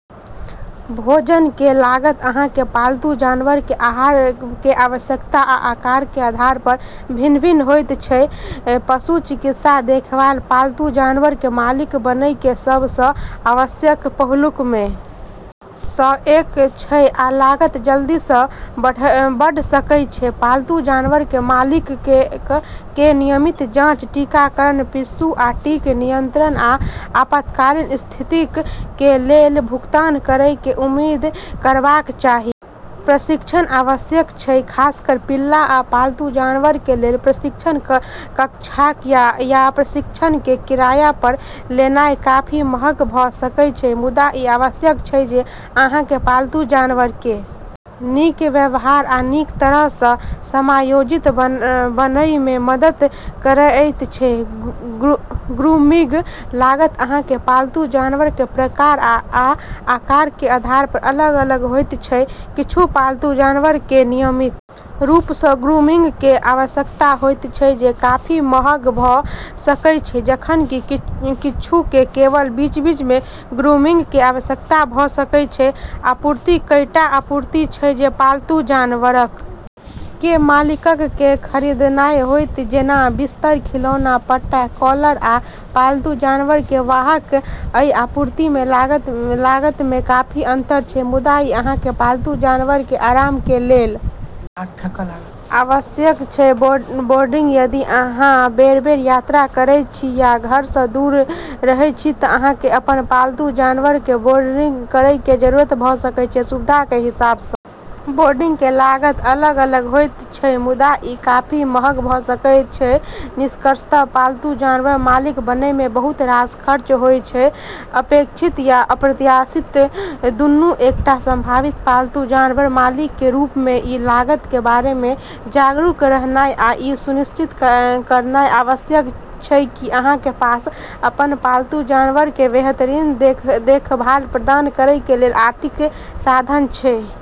भोजन कें लागत अहां कें पालतू जानवर कें आहार कें आवश्यकता आ आकार कें आधार पर भिन्न-भिन्न होयत छै, पशु चिकित्सा देखभाल पालतू जानवर कें मालिक बनएय कें सब सं आवश्यक पहलुअक मे सं एक छै आ लागत जल्दी सं बढ़ सकएय छै, पालतू जानवरक कें मालिकक कें नियमित जांच, टीकाकरण, पिस्सू आ टिक नियंत्रण आ आपातकालीन स्थितियक कें लेल भुगतान करय कें उम्मीद करबाक चाही, प्रशिक्षण आवश्यक छै खासकर पिल्ला आ पालतू जानवरक कें लेल, प्रशिक्षण कक्षाक या प्रशिक्षक कें किराया पर लेनाय काफी महग भ सकएय छै मुदा इ आवश्यक छै जे अहां कें पालतू जानवर कें नीक व्यवहार आ नीक तरह सं समायोजित बनएय मे मदद करएयत छै, ग्रूमिंग लागत अहां कें पालतू जानवर कें प्रकार आ आकार कें आधार पर अलग-अलग होयत छै, किच्छू पालतू जानवरक कें नियमित रूप सं ग्रूमिंग कें आवश्यकता होयत छै जे काफी महग भ सकएय छै जखन कि किच्छू कें केवल बीच-बीच मे ग्रूमिंग कें आवश्यकता भ सकएय छै, आपूर्ति कईटा आपूर्ति छै जे पालतू जानवरक कें मालिकक कें खरीदनाय होयत जेना बिस्तर, खिलौना, पट्टा, कॉलर आ पालतू जानवरक कें वाहक, अइ आपूर्ति कें लागत मे काफी अंतर छै मुदा इ अहां कें पालतू जानवर कें आराम कें लेल आवश्यक छै, बोर्डिंग यदि अहां बेर-बेर यात्रा करय छी या घर सं दूर रहय छी त अहां कें अपन पालतू जानवर कें बोर्डिंग करय कें जरूरत भ सकय छै, सुविधा के हिसाब सं बोर्डिंग के लागत अलग-अलग होइत अछि मुदा ई काफी महग भ सकैत अछि, निष्कर्षत पालतू जानवरक मालिक बनय मे बहुत रास खर्च होइत छैक अपेक्षित आ अप्रत्याशित दुनू एकटा संभावित पालतू जानवर मालिक कें रूप मे इ लागत कें बारे मे जागरूक रहनाय आ इ सुनिश्चित करनाय आवश्यक छै की अहां कें पास अपन पालतू जानवर कें बेहतरीन देखभाल प्रदान करय कें लेल आर्थिक साधन छै।